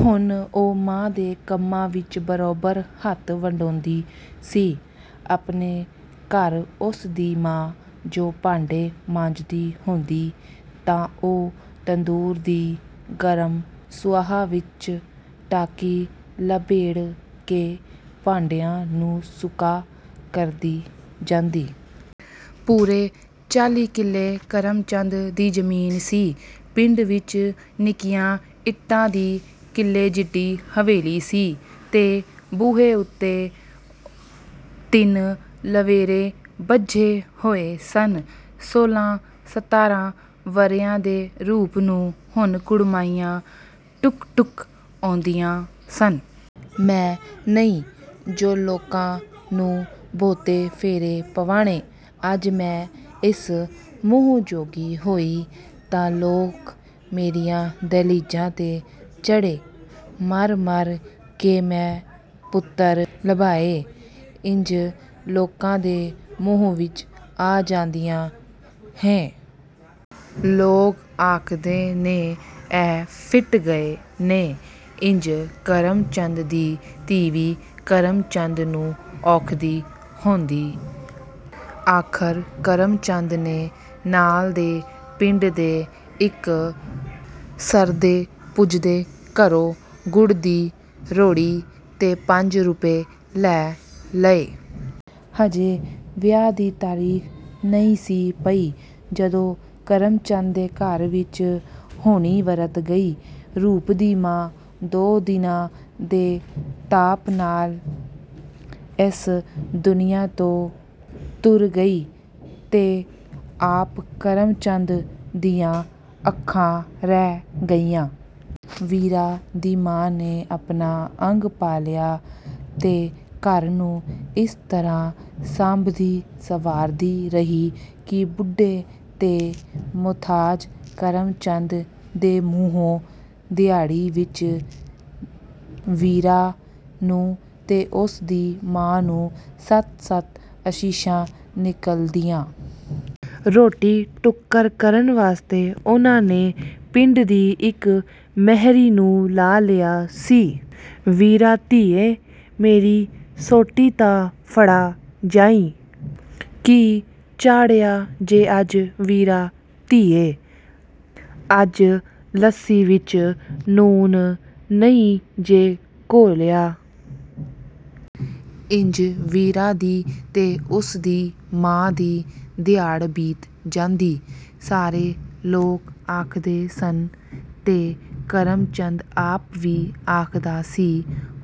ਹੁਣ ਉਹ ਮਾਂ ਦੇ ਕੰਮਾਂ ਵਿੱਚ ਬਰਾਬਰ ਹੱਥ ਵਡਾਉਂਦੀ ਸੀ। ਆਪਣੇ ਘਰ ਉਸ ਦੀ ਮਾਂ ਜੋ ਭਾਂਡੇ ਮਾਂਜਦੀ ਹੁੰਦੀ, ਤਾਂ ਉਹ ਤੰਦੂਰ ਦੀ ਗਰਮ ਸੁਆਹ ਵਿੱਚ ਟਾਕੀ ਲਬੇੜ ਕੇ ਭਾਂਡਿਆਂ ਨੂੰ ਸੁੱਕਾ ਕਰਦੀ ਜਾਂਦੀ। ਪੂਰੇ ਚਾਲ੍ਹੀ ਕਿੱਲੇ ਕਰਮ ਚੰਦ ਦੀ ਜ਼ਮੀਨ ਸੀ। ਪਿੰਡ ਵਿੱਚ ਨਿੱਕੀਆਂ ਇੱਟਾਂ ਦੀ ਕਿਲ੍ਹੇ ਜਿੱਡੀ ਹਵੇਲੀ ਸੀ ਤੇ ਬੂਹੇ ਉੱਤੇ ਤਿੰਨ ਲਵੇਰੇ ਬੱਝੇ ਹੋਏ ਸਨ। ਸੋਲ੍ਹਾਂ-ਸਤਾਰਾਂ ਵਰ੍ਹਿਆਂ ਦੇ ਰੂਪ ਨੂੰ ਹੁਣ ਕੁੜਮਾਈਆਂ ਢੁੱਕ-ਢੁੱਕ ਆਉਂਦੀਆਂ ਸਨ। “ਮੈਂ ਨਹੀਂ ਜੋ ਲੋਕਾਂ ਨੂੰ ਬਹੁਤੇ ਫੇਰੇ ਪਵਾਣੇ। ਅੱਜ ਮੈਂ ਇਸ ਮੂੰਹ ਜੋਗੀ ਹੋਈ, ਤਾਂ ਲੋਕ ਮੇਰੀਆਂ ਦਹਿਲੀਜ਼ਾਂ ਤੇ ਚੜ੍ਹੇ। ਮਰ-ਮਰ ਕੇ ਮੈਂ ਪੁੱਤਰ ਲੱਭਾ ਏ। ਇੰਝ ਲੋਕਾਂ ਦੇ ਮੂੰਹ ਵਿੱਚ ਆ ਜਾਈਦਾ ਏ। ਲੋਕ ਆਖਦੇ ਨੇ, ਇਹ ਫਿੱਟ ਗਏ ਨੇ...” ਇੰਝ ਕਰਮ ਚੰਦ ਦੀ ਤੀਵੀਂ ਕਰਮ ਚੰਦ ਨੂੰ ਆਖਦੀ ਰਹਿੰਦੀ। ਆਖ਼ਰ ਕਰਮ ਚੰਦ ਨੇ ਨਾਲ ਦੇ ਪਿੰਡ ਦੇ ਇੱਕ ਸਰਦੇ-ਪੁੱਜਦੇ ਘਰੋਂ ਗੁੜ ਦੀ ਰੋੜੀ ਤੇ ਪੰਜ ਰੁਪਏ ਲੈ ਲਏ। ਹਜੇ ਵਿਆਹ ਦੀ ਤਾਰੀਖ ਨਹੀਂ ਸੀ ਪਈ, ਜਦੋਂ ਕਰਮ ਚੰਦ ਦੇ ਘਰ ਵਿੱਚ ਹੋਣੀ ਵਰਤ ਗਈ। ਰੂਪ ਦੀ ਮਾਂ ਦੋ ਦਿਨਾਂ ਦੇ ਤਾਪ ਨਾਲ ਇਸ ਦੁਨੀਆਂ ਤੋਂ ਤੁਰ ਗਈ ਤੇ ਆਪ ਕਰਮ ਚੰਦ ਦੀਆਂ ਅੱਖਾਂ ਰਹਿ ਗਈਆਂ। ਵੀਰਾਂ ਦੀ ਮਾਂ ਨੇ ਆਪਣਾ ਅੰਗ ਪਾਲਿਆ ਤੇ ਘਰ ਨੂੰ ਇਸ ਤਰ੍ਹਾਂ ਸਾਂਭਦੀ-ਸੰਵਾਰਦੀ ਰਹੀ ਕਿ ਬੁੱਢੇ ਤੇ ਮੁਥਾਜ ਕਰਮ ਚੰਦ ਦੇ ਮੂੰਹੋਂ ਦਿਹਾੜੀ ਵਿੱਚ ਵੀਰਾਂ ਨੂੰ ਤੇ ਉਸ ਦੀ ਮਾਂ ਨੂੰ ਸੱਤ-ਸੱਤ ਅਸ਼ੀਸ਼ਾ ਨਿਕਲਦੀਆਂ। ਰੋਟੀ-ਟੁੱਕਰ ਕਰਨ ਵਾਸਤੇ ਉਹਨਾਂ ਨੇ ਪਿੰਡ ਦੀ ਇੱਕ ਮਹਿਰੀ ਨੂੰ ਲਾ ਲਿਆ ਸੀ। “ਵੀਰਾਂ ਧੀਏ! ਮੇਰੀ ਸੋਟੀ ਤਾਂ ਫੜਾ ਜਾਈਂ... ਕੀ ਚਾੜ੍ਹਿਆ ਜੇ ਅੱਜ, ਵੀਰਾਂ ਧੀਏ?... ਅੱਜ ਲੱਸੀ ਵਿੱਚ ਲੂਣ ਨਹੀਂ ਜੇ ਘੋਲਿਆ... ਇੰਝ ਵੀਰਾਂ ਦੀ ਤੇ ਉਸ ਦੀ ਮਾਂ ਦੀ ਦਿਹਾੜ ਬੀਤ ਜਾਂਦੀ। ਸਾਰੇ ਲੋਕ ਆਖਦੇ ਸਨ ਤੇ ਕਰਮ ਚੰਦ ਆਪ ਵੀ ਆਖਦਾ ਸੀ,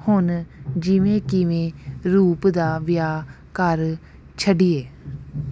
“ਹੁਣ ਜਿਵੇਂ-ਕਿਵੇਂ ਰੂਪ ਦਾ ਵਿਆਹ ਕਰ ਛੱਡੀਏ।”